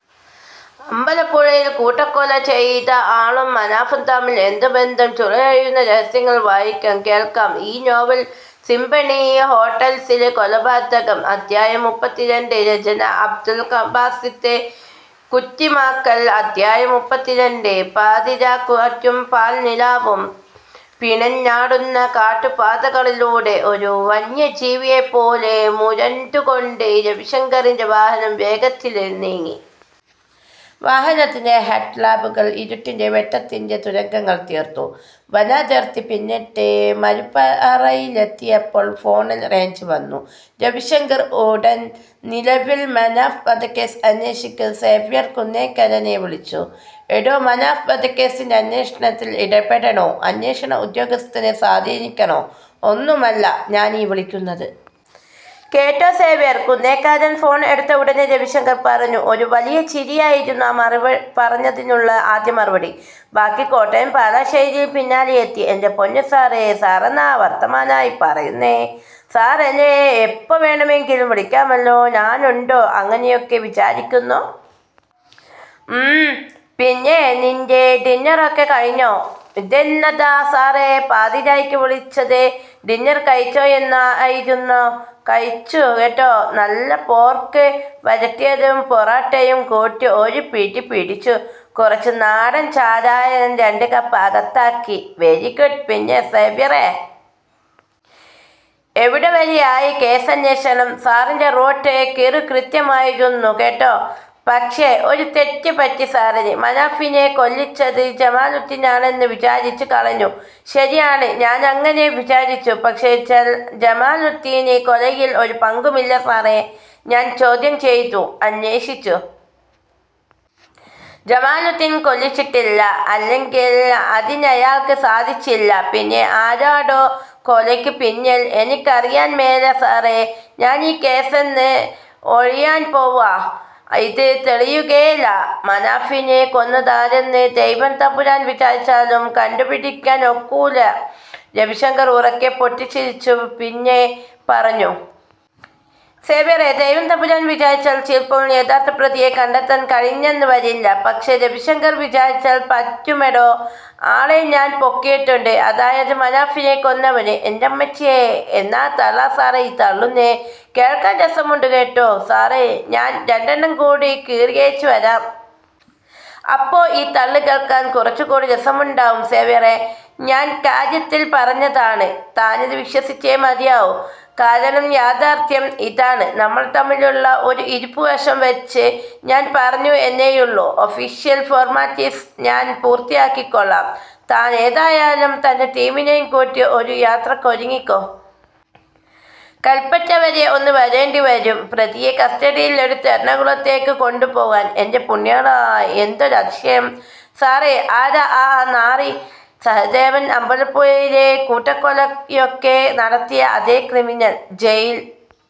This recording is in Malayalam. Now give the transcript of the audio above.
'അമ്പലപ്പുഴയില് കൂട്ടക്കൊല ചെയ്ത ആളും മനാഫും തമ്മിൽ എന്തു ബന്ധം?; ചുരുളഴിയുന്ന രഹസ്യങ്ങൾ' വായിക്കാം, കേൾക്കാം ഇ-നോവൽ സിംഫണി ഹോട്ടൽസിലെ കൊലപാതകം അധ്യായം: മുപ്പത്തിരണ്ട് രചന – അബ്ദുൽ ബാസിത്ത് കുറ്റിമാക്കൽ അധ്യായം: മുപ്പത്തിരണ്ട് പാതിരാക്കാറ്റും പാൽനിലാവും പിണഞ്ഞാടുന്ന കാട്ടുപാതകളിലൂടെ ഒരു വന്യജീവിയെപ്പോലെ മുരണ്ടുകൊണ്ട് രവിശങ്കറിന്റെ വാഹനം വേഗത്തിൽ നീങ്ങി. വാഹനത്തിന്റെ ഹെഡ് ലാമ്പുകൾ ഇരുട്ടിൽ വെട്ടത്തിന്റെ തുരങ്കങ്ങൾ തീർത്തു. വനാതിർത്തി പിന്നിട്ട് മരുതപ്പാറയിലെത്തിയപ്പോൾ ഫോണിൽ റേഞ്ച് വന്നു. രവിശങ്കർ ഉടൻ നിലവിൽ മനാഫ് വധക്കേസ് അന്വേഷിക്കുന്ന സേവ്യർ കുന്നേൽക്കാരനെ വിളിച്ചു. "എടോ, മനാഫ് വധക്കേസിന്റെ അന്വേഷണത്തിൽ ഇടപെടാനോ, അന്വേഷണ ഉദ്യോഗസ്ഥനെ സ്വാധീനിക്കാനോ ഒന്നുമല്ല ഞാനീ വിളിക്കുന്നത്. കേട്ടോ... " സേവ്യർ കുന്നേൽക്കാരൻ ഫോൺ എടുത്ത ഉടനെ രവിശങ്കർ പറഞ്ഞു. ഒരു വലിയ ചിരിയായിരുന്നു ആ പറഞ്ഞതിനുള്ള ആദ്യ മറുപടി. ബാക്കി കോട്ടയം പാലാ ശൈലിയിൽ പിന്നാലെയെത്തി: "എന്റെ പൊന്നു സാറേ... സാറെന്നാ വർത്താനമാ ഈ പറയുന്നേ... സാറിനെന്നെ എപ്പോ വേണമെങ്കിലും വിളിക്കാമല്ലോ... ഞാനുണ്ടോ അങ്ങനെയൊക്കെ വിചാരിക്കുന്നു... " "ഉം... പിന്നേയ് നിന്റെ ഡിന്നറൊക്കെ കഴിഞ്ഞോ...? " "ഇതെന്നതാ സാറേ, പാതിരായ്ക്ക് വിളിച്ചത് ഡിന്നർ കഴിച്ചോന്നറിയാനായിരുന്നോ... കഴിച്ചു കേട്ടോ... നല്ല പോർക്ക് വരട്ടിയത് പൊറോട്ടയും കൂട്ടി ഒരു പിടിപിടിച്ചു. " "കുറച്ച്... നാടൻ ചാരായം രണ്ട് കപ്പ് അകത്താക്കി. " "വെരി ഗുഡ്... പിന്നെ സേവ്യറെ... എവിടെ വരെയായി കേസന്വേഷണം? " "സാറിന്റെ റൂട്ട് കിറുകൃത്യമായിരുന്നു കേട്ടോ. പക്ഷേ ഒരു തെറ്റ് പറ്റി സാറിന്. മനാഫിനെ കൊല്ലിച്ചത് ജമാലുദ്ധീനാണെന്ന് വിചാരിച്ചു കളഞ്ഞു. " "ശരിയാണ്. ഞാനങ്ങനെ വിചാരിച്ചു. " "പക്ഷേ ജമാലുദ്ധീന് കൊലയിൽ ഒരു പങ്കുമില്ല സാറേ... ഞാൻ ചോദ്യം ചെയ്തു. അന്വേഷിച്ചു. ജമാലുദ്ധീൻ കൊല്ലിച്ചിട്ടില്ല. അല്ലെങ്കിൽ അതിനയാൾക്ക് സാധിച്ചില്ല. " "പിന്നെ ആരാടോ കൊലക്ക് പിന്നിൽ...? " "എനിക്കറിയാൻ മേല സാറേ... ഞാനീ കേസേന്ന് ഒഴിയാൻ പോകുവാ... ഇത് തെളിയുകേല... മനാഫിനെ കൊന്നതാരെന്ന് ദൈവം തമ്പുരാൻ വിചാരിച്ചാലും കണ്ടു പിടിക്കാൻ ഒക്കുകേല. " രവിശങ്കർ ഉറക്കെ പൊട്ടിച്ചിരിച്ചു. പിന്നെ പറഞ്ഞു. "സേവ്യറെ... ദൈവം തമ്പുരാൻ വിചാരിച്ചാൽ ചിലപ്പോൾ യഥാർത്ഥ പ്രതിയെ കണ്ടെത്താൻ കഴിഞ്ഞെന്ന് വരില്ല. പക്ഷേ രവിശങ്കർ വിചാരിച്ചാൽ പറ്റുമെടോ... ആളെ ഞാൻ പൊക്കിയിട്ടുണ്ട്. അതായത് മനാഫിനെ കൊന്നവനെ...! " "എന്റമ്മച്ചിയേ... എന്നാ തള്ളാ സാറേ ഈ തള്ളുന്നെ..! കേൾക്കാൻ രസമുണ്ട് കേട്ടോ... സാറേ, ഞാൻ രണ്ടെണ്ണം കൂടി കീറിയേച്ച് വരാം. അപ്പൊ ഈ തള്ള് കേൾക്കാൻ കുറച്ചു കൂടി രസമുണ്ടാകും. " "സേവ്യറെ... ഞാൻ കാര്യത്തിൽ പറഞ്ഞതാണ്. താനിത് വിശ്വസിച്ചേ മതിയാകൂ. കാരണം യാഥാർഥ്യം ഇതാണ്. നമ്മൾ തമ്മിലുള്ള ഒരു ഇരിപ്പുവശം വെച്ച് ഞാൻ പറഞ്ഞു എന്നേയുള്ളൂ. ഒഫീഷ്യൽ ഫോർമാലിറ്റിസ് ഞാൻ പൂർത്തിയാക്കിക്കൊള്ളാം. താനേതായാലും തന്റെ ടീമിനെയും കൂട്ടി ഒരു യാത്രക്കൊരുങ്ങിക്കോ. കല്പറ്റ വരെ ഒന്ന് വരേണ്ടി വരും. പ്രതിയെ കസ്റ്റഡിയിൽ എടുത്ത് എറണാകുളത്തേക്ക് കൊണ്ടു പോകാൻ. " "എന്റെ പുണ്യാളാ... എന്തൊരതിശയം...! സാറേ, ആരാ ആ നാറി...? " "സഹദേവൻ... അമ്പലപ്പുഴയിലെ കൂട്ടക്കൊലയൊക്കെ നടത്തിയ അതേ ക്രിമിനൽ. ജയിൽ